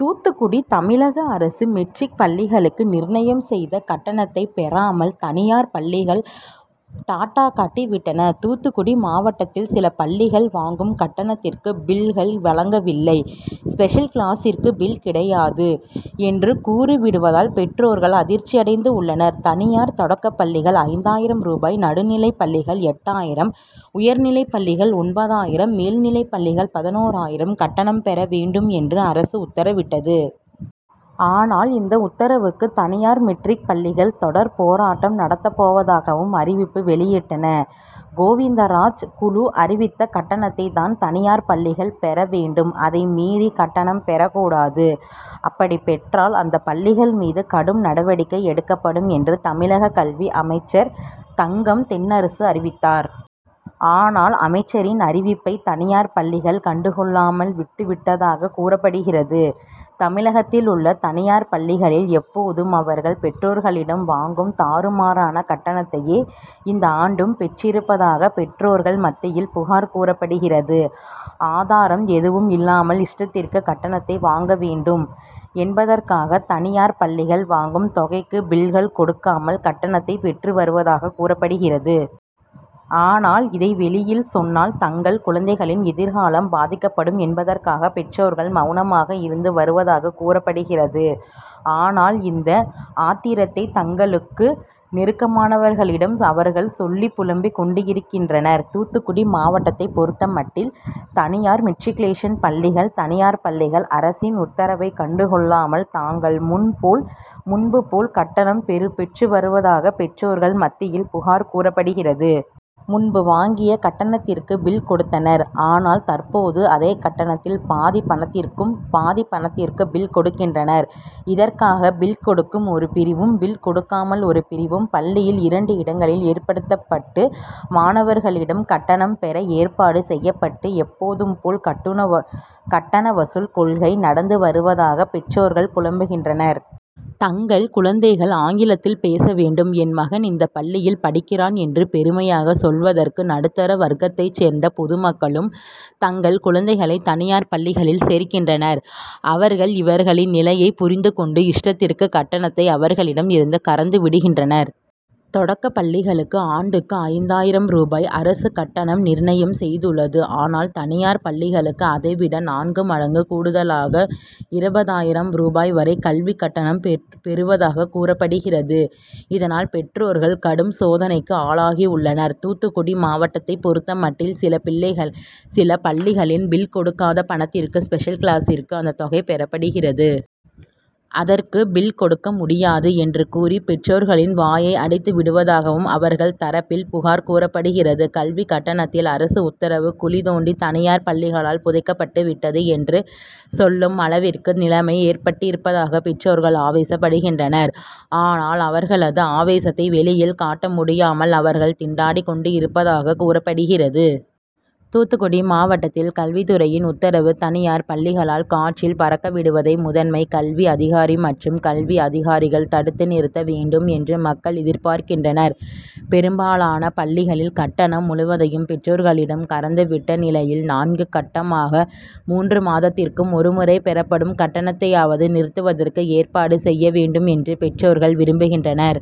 தூத்துக்குடி தமிழக அரசு மெட்ரிக் பள்ளிகளுக்கு நிர்ணயம் செய்த கட்டணத்தை பெறாமல் தனியார் பள்ளிகள் டாட்டா காட்டி விட்டன. தூத்துக்குடி மாவட்டத்தில் சில பள்ளிகள் வாங்கும் கட்டணத்திற்கு பில்கள் வழங்கவில்லை. ஸ்பெஷல் கிளாசிற்கு பில் கிடையாது என்று கூறிவிடுவதால் பெற்றோர்கள் அதிர்ச்சியடைந்துள்ளனர். தனியார் தொடக்க பள்ளிகள் ஐந்தாயிரம் ரூபாய் நடுநிலைப்பள்ளிகள் எட்டாயிரம் உயர்நிலைப்பள்ளிகள் ஒன்பதாயிரம் மேல்நிலைப்பள்ளிகள் பதினோராயிரம் கட்டணம் பெற வேண்டும் என்று அரசு உத்தரவிட்டது. ஆனால் இந்த உத்தரவுக்கு தனியார் மெட்ரிக் பள்ளிகள் தொடர் போராட்டம் நடத்தப் போவதாகவும் அறிவிப்பு வெளியிட்டன. கோவிந்தராஜ் குழு அறிவித்த கட்டணத்தை தான் தனியார் பள்ளிகள் பெற வேண்டும். அதனை மீறி கட்டணம் பெறக் கூடாது. அப்படி பெற்றால் அந்த பள்ளிகள் மீது கடும் நடவடிக்கை எடுக்கப்படும் என்று தமிழக கல்வி அமைச்சர் தங்கம் தென்னரசு அறிவித்தார். ஆனால் அமைச்சரின் அறிவிப்பை தனியார் பள்ளிகள் கண்டு கொள்ளாமல் விட்டு விட்டதாக கூறப்படுகிறது. தமிழகத்தில் உள்ள தனியார் பள்ளிகளில் எப்போதும் அவர்கள் பெற்றோர்களிடம் வாங்கும் தாறுமாறான கட்டணத்தையே இந்த ஆண்டும் பெற்றிருப்பதாக பெற்றோர்கள் மத்தியில் புகார் கூறப்படுகிறது. ஆதாரம் எதுவும் இல்லாமல் இஷ்டத்திற்கு கட்டணத்தை வாங்க வேண்டும் என்பதற்காக தனியார் பள்ளிகள் வாங்கும் தொகைக்கு பில்கள் கொடுக்காமல் கட்டணத்தை பெற்று வருவதாக கூறப்படுகிறது. ஆனால் இதனை வெளியில் சொன்னால் தங்களது குழந்தைகளின் எதிர்காலம் பாதிக்கப்படும் என்பதற்காக பெற்றோர்கள் மௌனமாக இருந்து வருவதாக கூறப்படுகிறது. ஆனால் அந்த ஆத்திரத்தை தங்களுக்கு நெருக்கமானவர்களிடம் அவர்கள் சொல்லி புலம்பிக் கொண்டிருக்கின்றனர். தூத்துக்குடி மாவட்டத்தை பொறுத்தமட்டில் தனியார் மெட்ரிக்குலேஷன் பள்ளிகள் தனியார் பள்ளிகள் அரசின் உத்தரவை கண்டு கொள்ளாமல் தாங்கள் முன்பு போல் கட்டணம் பெற்றுவருவதாக பெற்றோர்கள் மத்தியில் புகார் கூறப்படுகிறது. முன்பு வாங்கிய கட்டணத்திற்கு பில் கொடுத்தனர். ஆனால் தற்போது அதே கட்டணத்தில் பாதி பணத்திற்கு பில் கொடுக்கின்றனர். இதற்காக பில் கொடுக்கும் ஒரு பிரிவும் பில் கொடுக்காமல் ஒரு பிரிவும் பள்ளியில் இரண்டு இடங்களில் ஏற்படுத்தப்பட்டு மாணவர்களிடம் கட்டணம் பெற ஏற்பாடு செய்யப்பட்டு எப்போதும் போல் கட்டண வசூல் கொள்ளை நடந்து வருவதாக பெற்றோர்கள் புலம்புகின்றனர். தங்கள் குழந்தைகள் ஆங்கிலத்தில் பேச வேண்டும். என் மகன் இந்த பள்ளியில் படிக்கிறான் என்று பெருமையாக சொல்வதற்கு நடுத்தர வர்க்கத்தை சேர்ந்த பொதுமக்களும் தங்கள் குழந்தைகளை தனியார் பள்ளிகளில் சேர்க்கின்றனர். அவர்கள் இவர்களின் நிலையை புரிந்து கொண்டு இஷ்டத்திற்கு கட்டணத்தை அவர்களிடம் இருந்து கறந்து விடுகின்றனர். தொடக்கப் பள்ளிகளுக்கு ஆண்டுக்கு ஐந்தாயிரம் ரூபாய் அரசு கட்டணம் நிர்ணயம் செய்துள்ளது. ஆனால் தனியார் பள்ளிகள் அதனை விட நான்கு மடங்கு கூடுதலாக இருபதாயிரம் ரூபாய் வரை கல்வி கட்டணம் பெறுவதாக கூறப்படுகிறது. இதனால் பெற்றோர்கள் கடும் சோதனைக்கு ஆளாகியுள்ளனர். தூத்துக்குடி மாவட்டத்தை பொறுத்தமட்டில் சில பள்ளிகளில் பில் கொடுக்காத பணத்திற்கு ஸ்பெஷல் கிளாசிற்கு அந்த தொகை பெறப்படுகிறது. அதற்கு பில் கொடுக்க முடியாது என்று கூறி பெற்றோர்களின் வாயை அடைத்து விடுவதாகவும் அவர்கள் தரப்பில் புகார் கூறப்படுகிறது. கல்வி கட்டணத்தில் அரசு உத்தரவு குழி தோண்டி தனியார் பள்ளிகளால் புதைக்கப்பட்டு விட்டது என்று சொல்லும் அளவிற்கு நிலமை ஏற்பட்டிருப்பதாக பெற்றோர்கள் ஆவேசப்படுகின்றனர். ஆனால் அவர்களது ஆவேசத்தை வெளியில் காட்ட முடியாமல் அவர்கள் திண்டாடிக் கொண்டிருப்பதாக கூறப்படுகிறது. தூத்துக்குடி மாவட்டத்தில் கல்வித்துறையின் உத்தரவு தனியார் பள்ளிகளால் காற்றில் பறக்க விடுவதை முதன்மை கல்வி அதிகாரி மற்றும் கல்வி அதிகாரிகள் தடுத்து நிறுத்த வேண்டும் என்று மக்கள் எதிர்பார்கின்றனர். பெரும்பாலான பள்ளிகளில் கட்டணம் முழுவதையும் பெற்றோர்களிடம் கறந்து விட்ட நிலையில் நான்கு கட்டமாக மூன்று மாதத்திற்கு ஒரு முறை பெறப்படும் கட்டணத்தையாவது நிறுத்துவதற்கு ஏற்பாடு செய்ய வேண்டும் என்று பெற்றோர்கள் விரும்புகின்றனர்.